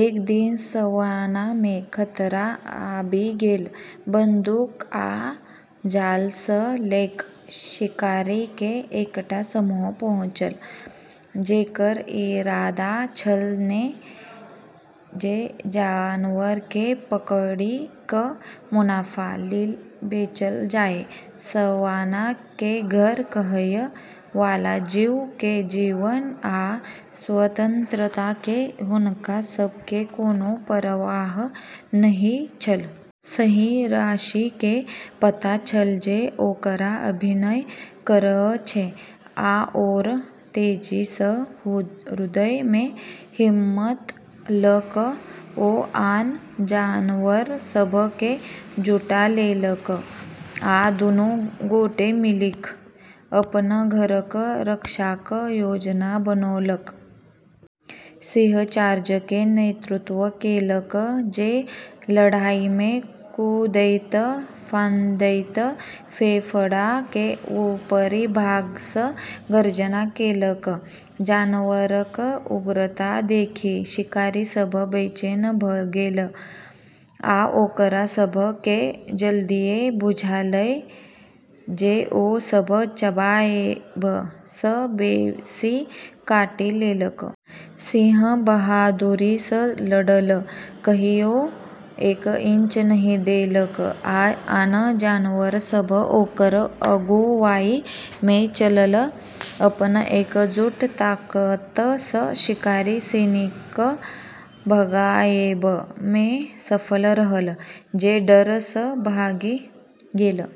एक दिन सवाना मे खतरा आबि गेल। बंदूक आ जाल सँ लैस शिकारी के एकटा समूह पहुँचल, जेकर इरादा छल जे जानवर केँ पकड़ि क' मुनाफा लेल बेचल जाए। सवाना केँ घर कहय वाला जीव के जीवन आ स्वतंत्रता के हुनका सब के कोनो परवाह नहि छल। सिंह राशि केँ पता छल जे ओकरा अभिनय करय छै, आओर तेजी सँ। हृदय मे हिम्मत ल' क' ओ आन जानवर सभ केँ जुटा लेलक, आ दुनू गोटे मिलिक' अपन घरक रक्षाक योजना बनौलक। सिंह चार्ज के नेतृत्व केलक, जे लड़ाई मे कूदैत-फांदैत फेफड़ा के ऊपरी भाग सँ गर्जना केलक। जानवरक उग्रता देखि शिकारी सभ बेचैन भ' गेल, आ ओकरा सभ केँ जल्दिये बुझायल जे ओ सभ चबाएब सँ बेसी काटि लेलक। सिंह बहादुरी सँ लड़ल, कहियो एक इंच नहि देलक, आ आन जानवर सभ ओकर अगुवाई मे चलल। अपन एकजुट ताकत सँ शिकारी सिनी केँ भगाएब मे सफल रहल, जे डर सँ भागि गेल।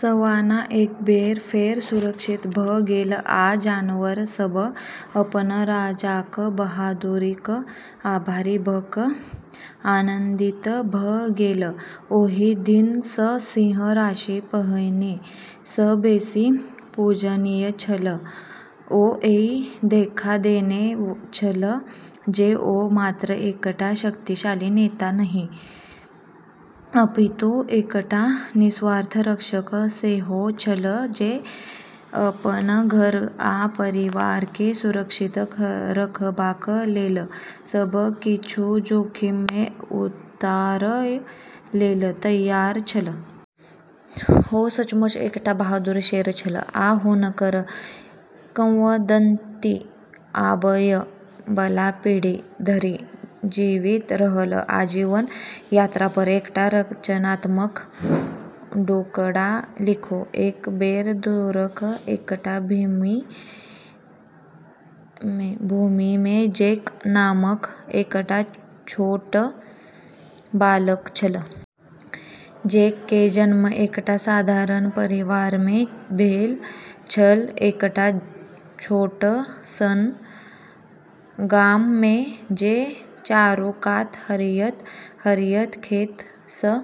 सवाना एक बेर फेर सुरक्षित भ' गेल, आ जानवर सभ अपन राजाक बहादुरीक आभारी भ' क' आनन्दित भ' गेल। ओहि दिन सँ सिंह राशि पहिने सँ बेसी पूजनीय छल। ओ ई देखा देने छल जे ओ मात्र एकटा शक्तिशाली नेता नहि, अपितु एकटा निस्वार्थ रक्षक सेहो छल, जे अपन घर आ परिवार केँ सुरक्षित रखबाक लेल सब किछु जोखिम मे उतारय लेल तैयार छल। ओ सचमुच एकटा बहादुर शेर छल, आ हुनकर किंवदंती आबय बला पीढ़ी धरि जीवित रहल। आजीवन यात्रा पर एकटा रचनात्मक टुकड़ा लिखू। एक बेर दूरक एकटा भूमि मे जैक नामक एकटा छोट बालक छल। जैक के जन्म एकटा साधारण परिवार मे भेल छल, एकटा छोट सन गाम मे जे चारू कात हरियर-हरियर खेत सँ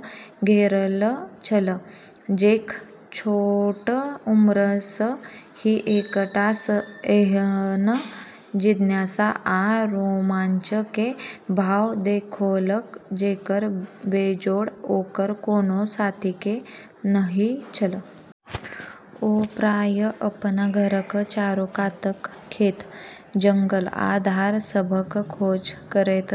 घेरल छल। जैक छोट उम्र सँ ही एकटा एहन जिज्ञासा आ रोमांच के भाव देखौलक जेकर बेजोड़ ओकर कोनो साथी के नहि छल। ओ प्रायः अपन घरक चारूकातक खेत, जंगल आ धार सभक खोज करैत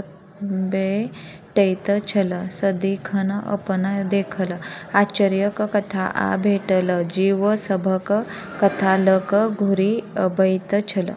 भेटैत छल, सदिखन अपन देखल आश्चर्यक कथा, आ भेटल जीव सभक कथा ल' क' घुरि अबैत छल।